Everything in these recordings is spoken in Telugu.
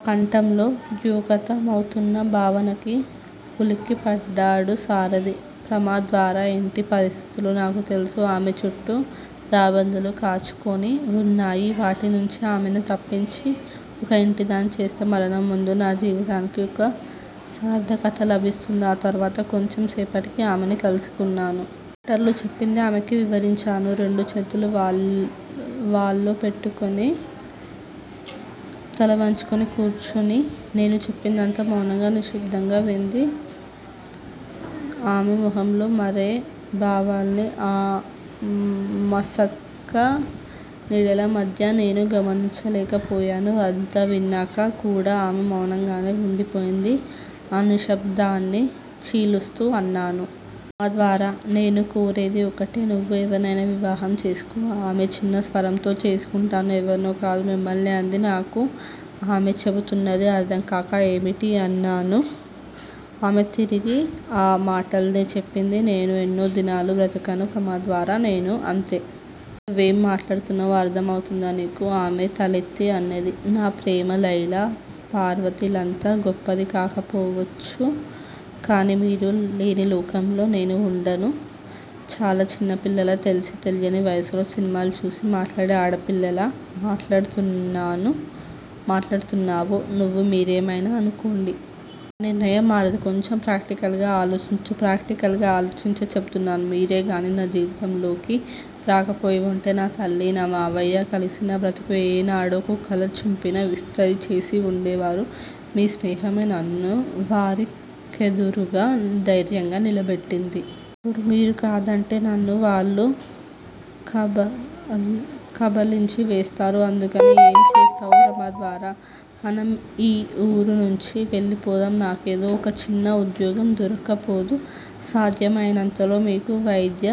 ఆ కంఠంలో ద్యోతక మౌతున్న భావనకి ఉలిక్కిపడ్డాడు సారధి. ప్రమద్వర ఇంటి పరిస్థితులు నాకు తెలుసు. ఆమె చుట్టూ రాబందులు కాచుకుని వున్నాయి. వాటినుంచి ఆమెని తప్పించి, ఒక ఇంటిదాన్ని చేస్తే మరణం ముందు నా జీవితానికి ఒక సార్ధకత లభిస్తుంది. ఆ తరువాత కొంచెం సేపటికి ఆమెని కలుసుకున్నాను. డాక్టర్లు చెప్పింది ఆమెకి వివరించాను. రెండుచేతులూ వళ్ళో పెట్టుకుని, తలవంచుకుని కూర్చుని నేను చెప్పినదంతా మౌనంగా, నిశ్శబ్దంగా వింది. ఆమె మొహంలో మారే భావాల్ని ఆ మసకనీడల మధ్య నేను గమనించలేకపోయాను. అంతా విన్నాక కూడా ఆమె మౌనంగానే వుండిపోయింది. ఆ నిశ్శబ్ధాన్ని చీలుస్తూ అన్నాను. ప్రమద్వరా- నేను కోరేది ఒకటే నువ్వు ఎవర్నైనా వివాహం చేసుకో. ఆమె చిన్న స్వరంతో చేసుకుంటాను ఎవర్నో కాదు, మిమ్మల్నే అంది. నాకు ఆమె చెబుతున్నది అర్ధంకాక ఏమిటీ అన్నాను ఆమె తిరిగి ఆ మాటల్నే చెప్పింది. నేను ఎన్నో దినాలు బ్రతకను ప్రమద్వరా- నేనూ అంతే. నువ్వేం మాట్లాడుతున్నావో అర్ధం అవుతుందా నీకు? ఆమె తలెత్తి అన్నది- నా ప్రేమ లైలా పార్వతీలంత గొప్పది కాకపోవచ్చు. కానీ మీరు లేని లోకంలో నేనూ వుండను. చాలా చిన్న పిల్లలా, తెలిసీ తెలియని వయసులో సినిమాలు చూసి మాట్లాడే ఆడపిల్లలా మాట్లాడుతున్నావు నువు- మీరేమయినా అనుకోండి. నా నిర్ణయం మారదు. కొంచెం ప్రాక్టికల్ గా ఆలోచించు. ప్రాక్టికల్ గా ఆలోచించే చెపుతున్నాను, మీరేగానీ నా జీవితంలోకి రాకపోయివుంటే నా తల్లి, నా మావయ్య కలిసి నా బ్రతుకు ఏనాడో కుక్కలు చింపిన విస్తరి చేసి వుండేవారు. మీ స్నేహమే నన్ను వారి కెదురుగా ధైర్యంగా నిలబెట్టింది. ఇప్పుడు మీరు కాదంటే నన్ను వాళ్ళు కబళించి వేస్తారు- అందుకని ఏం చేస్తావు ప్రమద్వరా? మనం ఈ ఊరునుంచి వెళ్ళిపోదాం. నాకేదో ఒక చిన్న ఉద్యోగం దొరక్కపోదు. సాధ్యమయినంతలో మీకు వైద్య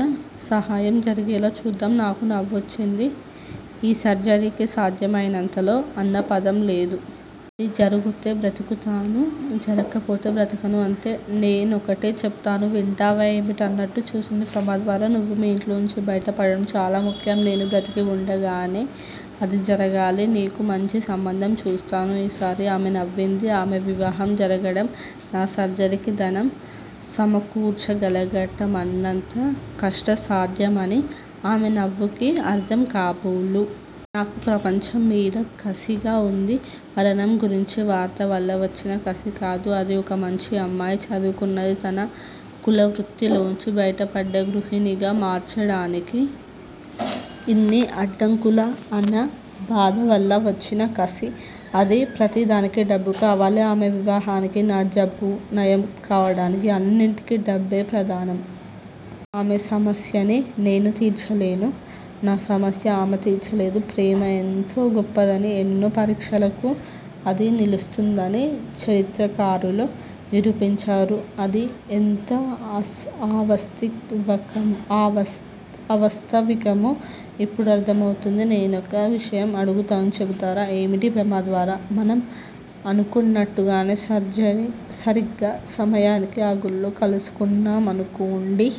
సహాయం జరిగేలా చూద్దాం. నాకు నవ్వొచ్చింది. ఈ సర్జెరీకి సాధ్యమైనంతలో అన్న పదం లేదు. అది జరుగుతే బ్రతుకుతాను. జరక్కపోతే బ్రతకను అంతే! నే నొకటి చెపుతాను వింటావా? ఏమిటన్నట్టు చూసింది ప్రమద్వర. నువ్వు మీ ఇంట్లోంచి బయటపడటం చాలా ముఖ్యం. నేను బ్రతికి వుండగానే అది జరగాలి. నీకు మంచి సంబంధం చూస్తాను. ఈసారి ఆమె నవ్వింది. ఆమె వివాహం జరగటం నా సర్జెరీకి ధనం సమకూర్చగలగట మన్నంత కష్టసాధ్యమని, ఆమె నవ్వుకి అర్ధం కాబోలు. నాకు ప్రపంచంమీద కసిగా వుంది. మరణం గురించి వార్త వల్ల వచ్చిన కసికాదు అది. ఒక మంచి అమ్మాయి, చదువుకున్నది-తన కులవృత్తిలోంచి బయటపడి గృహిణిగా మార్చడానికి ఇన్ని అడ్డంకులా, అన్న బాధవల్ల వచ్చిన కసి అది, ప్రతిదానికీ డబ్బు కావాలి. ఆమె వివాహానికీ, నా జబ్బు నయం కావటానికీ- అన్నింటికీ డబ్బే ప్రధానం. ఆమె సమస్యని నేను తీర్చలేను. నా సమస్య ఆమె తీర్చలేదు. ప్రేమ ఎంతో గొప్పదనీ, ఎన్నో పరీక్షలకు అది నిలుస్తుందనీ చరిత్రకారులు నిరూపించారు. అది ఎంత అవాస్తవికమో ఇప్పుడు అర్ధమవుతూంది. నేనొక విషయం అడుగుతాను చెబుతారా? ఏమిటి ప్రమద్వరా? మనం అనుకున్నట్టుగానే సరీగ్గా సమయానికి ఆ గుళ్ళో కలుసుకున్నా మనుకోండి.